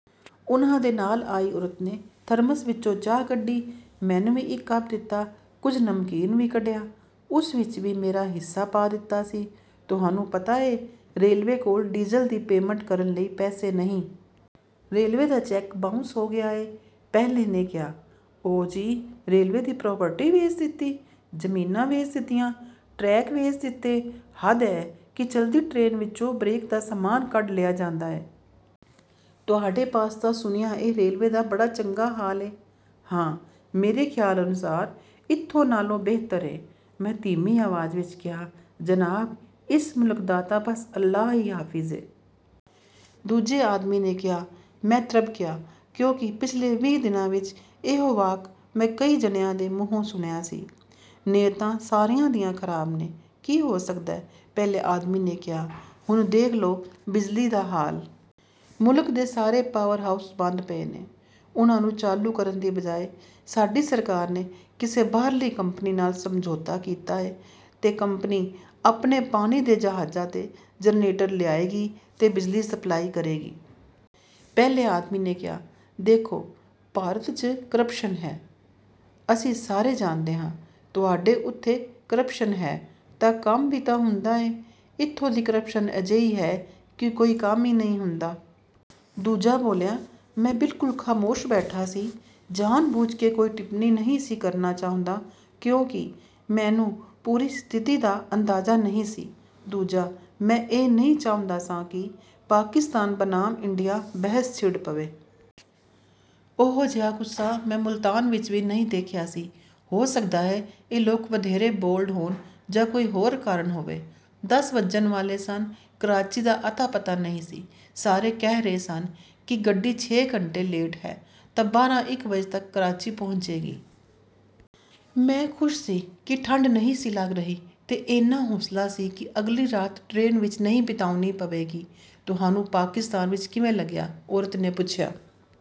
ਉਹਨਾਂ ਦੇ ਨਾਲ ਆਈ ਔਰਤ ਨੇ ਥਰਮਸ ਵਿਚੋਂ ਚਾਹ ਕੱਢੀ। ਮੈਨੂੰ ਵੀ ਇੱਕ ਕੱਪ ਦਿੱਤਾ। ਕੁਝ ਨਮਕੀਨ ਵੀ ਕੱਢਿਆ। ਉਸ ਵਿੱਚ ਵੀ ਮੇਰਾ ਹਿੱਸਾ ਪਾ ਦਿੱਤਾ ਸੀ। "ਤੁਹਾਨੂੰ ਪਤਾ ਏ... ਰੇਲਵੇ ਕੋਲ ਡੀਜ਼ਲ ਦੀ ਪੇਮੈਂਟ ਕਰਨ ਲਈ ਪੈਸੇ ਨਹੀਂ... ਰੇਲਵੇ ਦਾ ਚੈੱਕ ਬਾਊਂਂਸ ਹੋ ਗਿਆ ਏ।" ਪਹਿਲੇ ਨੇ ਕਿਹਾ। "ਓ ਜੀ, ਰੇਲਵੇ ਦੀ ਪ੍ਰਾਪਰਟੀ ਵੇਚ ਦਿੱਤੀ, ਜ਼ਮੀਨਾਂ ਵੇਚ ਦਿੱਤੀਆਂ... ਟਰੈਕ ਵੇਚ ਦਿੱਤੇ।" "ਹੱਦ ਐ ਕਿ ਚੱਲਦੀ ਟਰੇਨ ਵਿੱਚੋਂ ਬਰੇਕ ਦਾ ਸਾਮਾਨ ਕੱਢ ਲਿਆ ਜਾਂਦਾ ਏ।" "ਤੁਹਾਡੇ ਪਾਸੇ ਤਾਂ ਸੁਣਿਆ ਏ ਰੇਲਵੇ ਦਾ ਬੜਾ ਚੰਗਾ ਹਾਲ ਏ।" "ਹਾਂ... ਮੇਰੇ ਖ਼ਿਆਲ ਅਨੁਸਾਰ... ਇੱਥੋਂ ਨਾਲੋਂ ਬਿਹਤਰ ਏ।" ਮੈਂ ਧੀਮੀ ਆਵਾਜ਼ ਵਿੱਚ ਕਿਹਾ। "ਜਨਾਬ, ਇਸ ਮੁਲਕ ਦਾ ਤਾਂ ਬਸ ਅੱਲਾਹ ਹੀ ਹਾਫ਼ਿਜ਼ ਏ।" ਦੂਜੇ ਆਦਮੀ ਨੇ ਕਿਹਾ। ਮੈਂ ਤ੍ਰਬਕਿਆ ਕਿਉਂਕਿ ਪਿਛਲੇ ਵੀਹ ਦਿਨਾਂ ਵਿੱਚ ਇਹੋ ਵਾਕ ਮੈਂ ਕਈ ਜਣਿਆਂ ਦੇ ਮੂੰਹੋਂ ਸੁਣਿਆ ਸੀ। "ਨੀਅਤਾਂ ਸਾਰਿਆਂ ਦੀਆਂ ਖ਼ਰਾਬ ਨੇ... ਕੀ ਹੋ ਸਕਦਾ।" ਪਹਿਲੇ ਆਦਮੀ ਨੇ ਕਿਹਾ-- "ਹੁਣ ਦੇਖ ਲਓ ਬਿਜਲੀ ਦਾ ਹਾਲ... ਮੁਲਕ ਦੇ ਸਾਰੇ ਪਾਵਰ ਹਾਊਸ ਬੰਦ ਪਏ ਨੇ। ਉਹਨਾਂ ਨੂੰ ਚਾਲੂ ਕਰਨ ਦੀ ਬਜਾਏ ਸਾਡੀ ਸਰਕਾਰ ਨੇ ਕਿਸੇ ਬਾਹਰਲੀ ਕੰਪਨੀ ਨਾਲ ਸਮਝੌਤਾ ਕੀਤਾ ਏ ਤੇ ਕੰਪਨੀ ਆਪਣੇ ਪਾਣੀ ਦੇ ਜਹਾਜ਼ਾਂ 'ਤੇ ਜਨਰੇਟਰ ਲਿਆਏਗੀ ਤੇ ਬਿਜਲੀ ਸਪਲਾਈ ਕਰੇਗੀ।" ਪਹਿਲੇ ਆਦਮੀ ਨੇ ਕਿਹਾ। "ਦੇਖੋ... ਭਾਰਤ 'ਚ ਕਰਪਸ਼ਨ ਹੈ... ਅਸੀਂ ਸਾਰੇ ਜਾਣਦੇ ਆਂ... ਤੁਹਾਡੇ ਉੱਥੇ ਕਰਪਸ਼ਨ ਹੈ ਤਾਂ ਕੰਮ ਵੀ ਤਾਂ ਹੁੰਦਾ ਏ। ਇੱਥੋਂ ਦੀ ਕਰਪਸ਼ਨ ਅਜਿਹੀ ਹੈ ਕਿ ਕੋਈ ਕੰਮ ਈ ਨਹੀਂ ਹੁੰਦਾ।" ਦੂਜਾ ਬੋਲਿਆ। ਮੈਂ ਬਿਲਕੁਲ ਖ਼ਾਮੋਸ਼ ਬੈਠਾ ਸੀ। ਜਾਣ-ਬੁੱਝ ਕੇ ਕੋਈ ਟਿੱਪਣੀ ਨਹੀਂ ਸਾਂ ਕਰਨਾ ਚਾਹੁੰਦਾ, ਕਿਉਂਕਿ ਮੈਨੂੰ ਪੂਰੀ ਸਥਿਤੀ ਦਾ ਅੰਦਾਜ਼ਾ ਨਹੀਂ ਸੀ। ਦੂਜਾ, ਮੈਂ ਇਹ ਨਹੀਂ ਚਾਹੁੰਦਾ ਸਾਂ ਕਿ ਪਾਕਿਸਤਾਨ ਬਨਾਮ ਇੰਡੀਆ ਬਹਿਸ ਛਿੜ ਪਵੇ। ਓਹੋ ਜਿਹਾ ਗੁੱਸਾ ਮੈਂ ਮੁਲਤਾਨ ਵਿੱਚ ਵੀ ਨਹੀਂ ਦੇਖਿਆ ਸੀ। ਹੋ ਸਕਦਾ ਹੈ, ਇਹ ਲੋਕ ਵਧੇਰੇ 'ਬੋਲਡ' ਹੋਣ ਜਾਂ ਕੋਈ ਹੋਰ ਕਾਰਨ ਹੋਵੇ। ਦਸ ਵੱਜਣ ਵਾਲੇ ਸਨ। ਕਰਾਚੀ ਦਾ ਅਤਾ-ਪਤਾ ਨਹੀਂ ਸੀ। ਸਾਰੇ ਕਹਿ ਰਹੇ ਸਨ ਕਿ ਗੱਡੀ ਛੇ ਘੰਟੇ ਲੇਟ ਹੈ ਤੇ ਬਾਰਾਂ, ਇੱਕ ਵਜੇ ਤੱਕ ਕਰਾਚੀ ਪਹੁੰਚੇਗੀ। ਮੈਂ ਖ਼ੁਸ਼ ਸੀ ਕਿ ਠੰਡ ਨਹੀਂ ਸੀ ਲੱਗ ਰਹੀ ਤੇ ਏਨਾ ਹੌਸਲਾ ਸੀ ਕਿ ਅਗਲੀ ਰਾਤ ਟਰੇਨ ਵਿੱਚ ਨਹੀਂ ਬਿਤਾਉਣੀ ਪਵੇਗੀ। "ਤੁਹਾਨੂੰ ਪਾਕਿਸਤਾਨ ਵਿੱਚ ਕਿਵੇਂ ਲੱਗਿਆ?" ਔਰਤ ਨੇ ਪੁੱਛਿਆ।